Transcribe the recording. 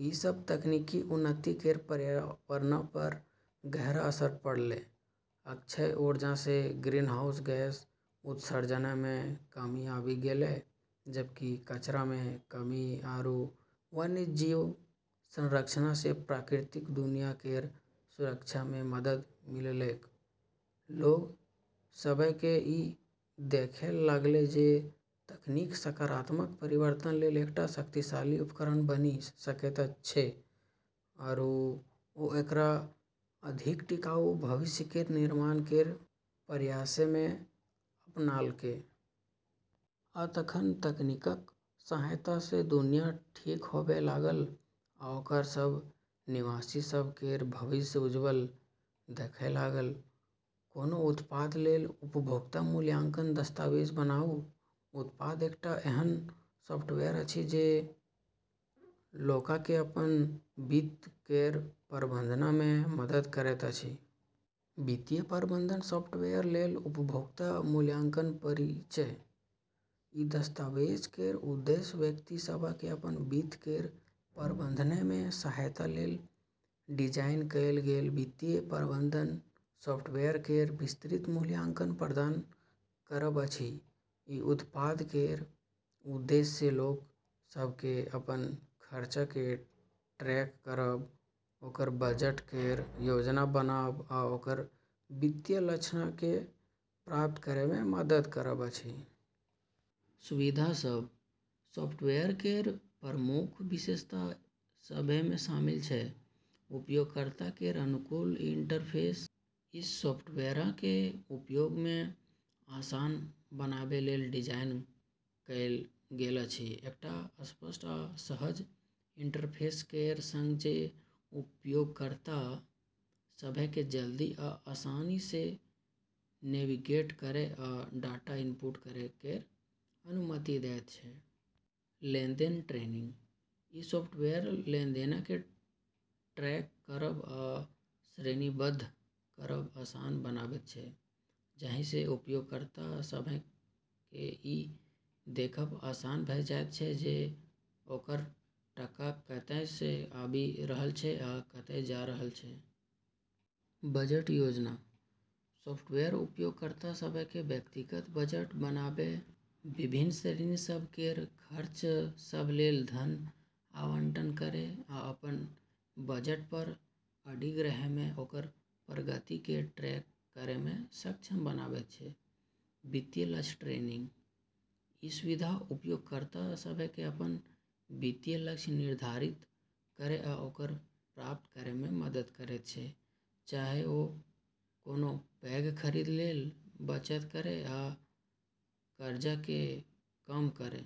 ई सब तकनीकी उन्नति केर पर्यावरणपर गहरा असर पड़लै। अक्षय ऊर्जासँ ग्रीनहाउस गैस उत्सर्जनमे कमी आबी गेलै, जबकि कचरामे कमी आरू वन्यजीव संरक्षणसँ प्राकृतिक दुनिया केर सुरक्षामे मदद मिललैक। लोग सभकेँ ई देखै लागलै जे तकनीक सकारात्मक परिवर्तन लेल एकटा शक्तिशाली उपकरण बनी सकैत छै, आरू ओ एकरा अधिक टिकाऊ भविष्य केर निर्माण केर प्रयासमे अपनालकै। आ तखन, तकनीकक सहायतासँ दुनिया ठीक होबै लागल, आ ओकर सब निवासी सभ केर भविष्य उज्ज्वल देखाय लागल। कोनो उत्पाद लेल उपभोक्ता मूल्यांकन दस्तावेज बनाऊ। उत्पाद एकटा एहन सॉफ्टवेयर अछि जे लोककेँ अपन वित्त केर प्रबंधनमे मदद करैत अछि। वित्तीय प्रबंधन सॉफ्टवेयर लेल उपभोक्ता मूल्यांकन परिचय: ई दस्तावेज केर उद्देश्य व्यक्ति सभकेँ अपन वित्त केर प्रबंधनमे सहायता लेल डिजाइन कएल गेल वित्तीय प्रबंधन सॉफ्टवेयर केर विस्तृत मूल्यांकन प्रदान करब अछि। ई उत्पाद केर उद्देश्य लोग सभकेँ अपन खर्चकेँ ट्रैक करब, ओकर बजट केर योजना बनाब, आ ओकर वित्तीय लक्ष्यकेँ प्राप्त करैमे मदद करब अछि। सुविधा सभ: सॉफ्टवेयर केर प्रमुख विशेषता सभमे शामिल छै: उपयोगकर्ता केर अनुकूल इंटरफेस: ई सॉफ्टवेयरकेँ उपयोगमे आसान बनाबै लेल डिजाइन कएल गेल अछि, एकटा स्पष्ट आ सहज इंटरफेस केर संग जे उपयोगकर्ता सभकेँ जल्दी आ आसानीसँ नेविगेट करै आ डाटा इनपुट करै केर अनुमति दैत छै। लेनदेन ट्रैकिंग: ई सॉफ्टवेयर लेनदेनकेँ ट्रैक करब आ श्रेणीबद्ध करब आसान बनाबैत छै, जाहिंसँ उपयोगकर्ता सभकेँ ई देखब आसान भऽ जाइत छै जे ओकर टका कतएसँ आबि रहल छै आ कतए जा रहल छै। बजट योजना: सॉफ्टवेयर उपयोगकर्ता सभकेँ व्यक्तिगत बजट बनाबै, विभिन्न श्रेणी सभ केर खर्च सभ लेल धन आवंटन करै, आ अपन बजटपर अडिग रहैमे ओकर प्रगति केँ ट्रैक करैमे सक्षम बनाबैत छै। वित्तीय लक्ष्य ट्रैकिंग: ई सुविधा उपयोगकर्ता सभकेँ अपन वित्तीय लक्ष्य निर्धारित करै आ ओकरा प्राप्त करैमे मदद करैत छै, चाहे ओ कोनो पैघ खरीद लेल बचत करै या कर्जकेँ कम करै।